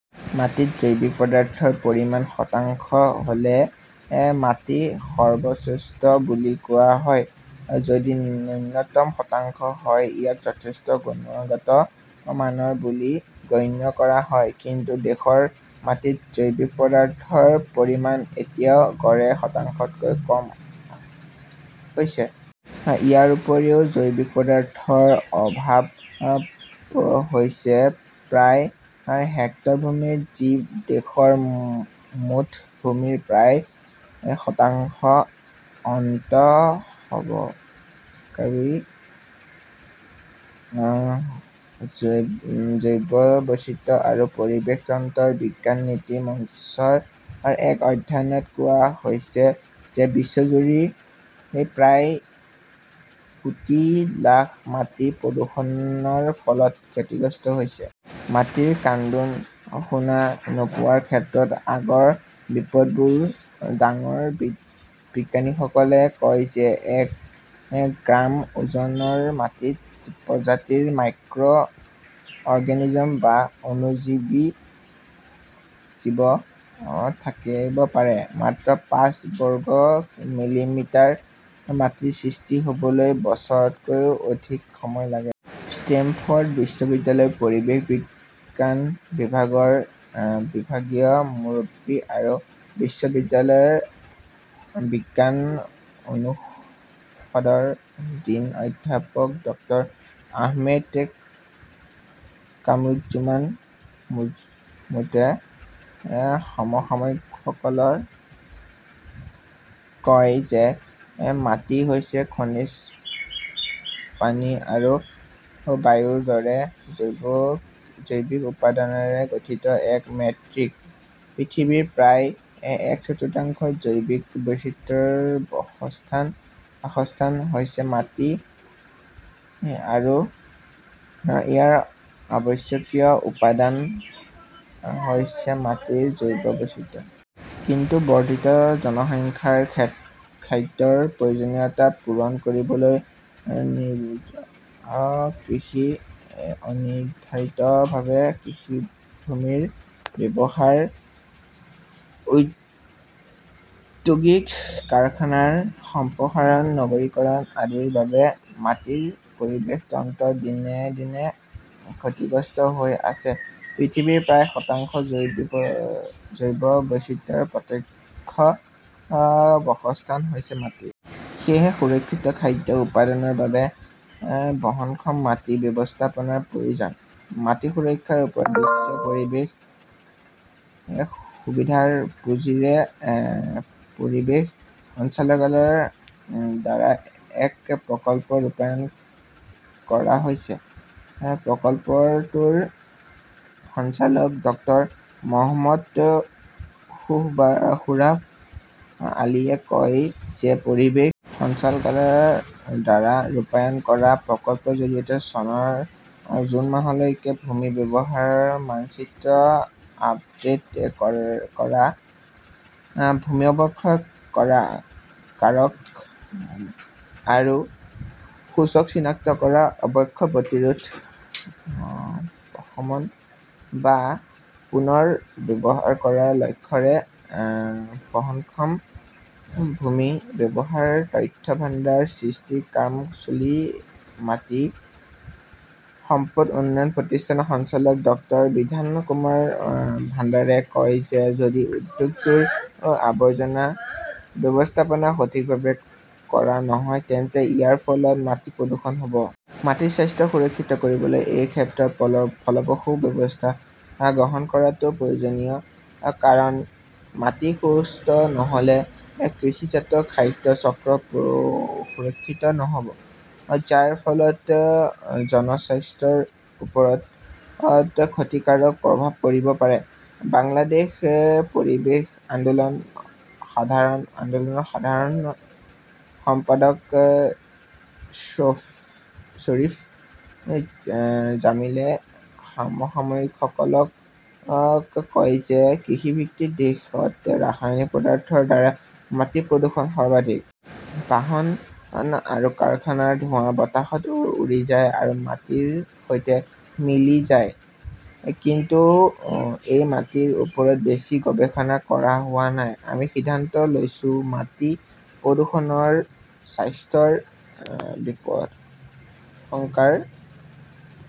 মাটিত জৈৱিক পদাৰ্থৰ পৰিমাণ শতাংশ হ’লে মাটি সৰ্বশ্ৰেষ্ঠ বুলি কোৱা হয়। যদি ন্যূনতম শতাংশ হয়, ইয়াক যথেষ্ট গুণগত মানৰ বুলি গণ্য কৰা হয়। কিন্তু দেশৰ মাটিত জৈৱিক পদাৰ্থৰ পৰিমাণ এতিয়া গড়ে শতাংশতকৈ কম হৈছে। ইয়াৰ উপৰিও, জৈৱিক পদাৰ্থৰ অভাৱ হৈছে প্ৰায় হেক্টৰ ভূমিত, যি দেশৰ মুঠ ভূমিৰ প্ৰায় শতাংশ। আন্তঃসৰকাৰী জৈৱ বৈচিত্ৰ্য আৰু পৰিৱেশ তন্ত্ৰৰ বিজ্ঞান-নীতি মঞ্চৰ এক অধ্যয়নত কোৱা হৈছে যে বিশ্বজুৰি প্ৰায় কোটি লোক মাটি প্ৰদূষণৰ ফলত ক্ষতিগ্ৰস্ত হৈছে। মাটিৰ কান্দোন শুনা নোপোৱাৰ ক্ষেত্ৰত আগৰ বিপদবোৰ ডাঙৰঃ বিজ্ঞানীসকলে কয় যে এক গ্ৰাম ওজনৰ মাটিত প্ৰজাতিৰ মাইক্ৰ অৰ্গেনিজম বা অণুজীৱ থাকিব পাৰে। মাত্ৰ পাঁচ বৰ্গ মিলিমিটাৰ মাটি সৃষ্টি হ’বলৈ বছৰতকৈও অধিক সময় লাগে। ষ্টেমফৰ্ড বিশ্ববিদ্যালয়ৰ পৰিৱেশ বিজ্ঞান বিভাগৰ বিভাগীয় মুৰব্বী আৰু বিশ্ববিদ্যালয়ৰ বিজ্ঞান অনুষদৰ ডিন অধ্যাপক ডক্টৰ আহমেদ কামৰুজ্জমান মাজমুদ্ৰে সমসাময়িকসকলক কয় যে মাটি হৈছে খনিজ, পানী আৰু বায়ুৰ দৰে জৈৱিক উপাদানৰে গঠিত এক মেট্ৰিক। পৃথিৱীৰ প্ৰায় এক চতুৰ্থাংশ জৈৱ বৈচিত্ৰ্যৰ বাসস্থান হৈছে মাটি আৰু ইয়াৰ অত্যাৱশ্যকীয় উপাদান হৈছে মাটিৰ জৈৱ বৈচিত্ৰ্য। কিন্তু বৰ্ধিত জনসংখ্যাৰ খাদ্যৰ প্ৰয়োজনীয়তা পূৰণ কৰিবলৈ নিবিড় কৃষি, অনিৰ্ধাৰিতভাৱে কৃষিভূমিৰ ব্যৱহাৰ, ঔদ্যোগিক-কাৰখানাৰ সম্প্ৰসাৰণ, নগৰীকৰণ আদিৰ বাবে মাটিৰ পৰিৱেশ তন্ত্ৰ দিনে দিনে ক্ষতিগ্ৰস্ত হৈ আছে। পৃথিৱীৰ প্ৰায় শতাংশ জৈৱ বৈচিত্ৰ্যৰ প্ৰত্যক্ষ বাসস্থান হৈছে মাটি। সেয়েহে সুৰক্ষিত খাদ্য উৎপাদনৰ বাবে বহনক্ষম মাটি ব্যৱস্থাপনাৰ প্ৰয়োজন। মাটি সুৰক্ষাৰ ওপৰত বিশ্ব পৰিৱেশ সুবিধাৰ পুঁজিৰে পৰিৱেশ সঞ্চালকালয়ৰ দ্বাৰা এক প্ৰকল্প ৰূপায়ণ কৰা হৈছে। প্ৰকল্পটোৰ সঞ্চালক ডক্টৰ মহম্মদ সোহৰাব আলীয়ে কয় যে পৰিৱেশ সঞ্চালকালয়ৰ দ্বাৰা ৰূপায়ণ কৰা প্ৰকল্পৰ জৰিয়তে চনৰ জুন মাহলৈকে ভূমি ব্যৱহাৰৰ মানচিত্ৰ আপডেট কৰা, ভূমি অৱক্ষয়ৰ কাৰক আৰু সূচক চিনাক্ত কৰা, অৱক্ষয় প্ৰতিৰোধ, প্ৰশমন বা পুনৰ ব্যৱহাৰ কৰাৰ লক্ষ্যৰে বহনক্ষম ভূমি ব্যৱহাৰৰ তথ্যভাণ্ডাৰ সৃষ্টিৰ কাম চলি মাটি সম্পদ উন্নয়ন প্ৰতিষ্ঠানৰ সঞ্চালক ডাঃ বিধান কুমাৰ ভাণ্ডাৰে কয় যে যদি উদ্যোগটোৰ আৱৰ্জনা ব্যৱস্থাপনা সঠিকভাৱে কৰা নহয় তেন্তে ইয়াৰ ফলত মাটি প্ৰদূষণ হ’ব। মাটিৰ স্বাস্থ্য সুৰক্ষিত কৰিবলৈ এই ক্ষেত্ৰত ফলপ্ৰসূ ব্যৱস্থা গ্ৰহণ কৰাটো প্ৰয়োজনীয়। কাৰণ মাটি সুস্থ নহ’লে কৃষিজাত খাদ্য চক্ৰ সুৰক্ষিত নহ’ব, যাৰ ফলত জনস্বাস্থ্যৰ ওপৰত ক্ষতিকাৰক প্ৰভাৱ পৰিব পাৰে। বাংলাদেশ পৰিৱেশ আন্দোলনৰ সাধাৰণ সম্পাদক শ্বৰীফ জামিলে সমসাময়িকসকলক কয় যে কৃষিভিত্তিক দেশত ৰাসায়নিক পদাৰ্থৰ দ্বাৰা মাটিৰ প্ৰদূষণ সৰ্বাধিক। বাহন আৰু কাৰখানাৰ ধোঁৱা বতাহত উৰি যায় আৰু মাটিৰ সৈতে মিলি যায়। কিন্তু এই মাটিৰ ওপৰত বেছি গৱেষণা কৰা হোৱা নাই। আমি সিদ্ধান্ত লৈছো, মাটি প্ৰদূষণৰ স্বাস্থ্যৰ বিপদাশংকাৰ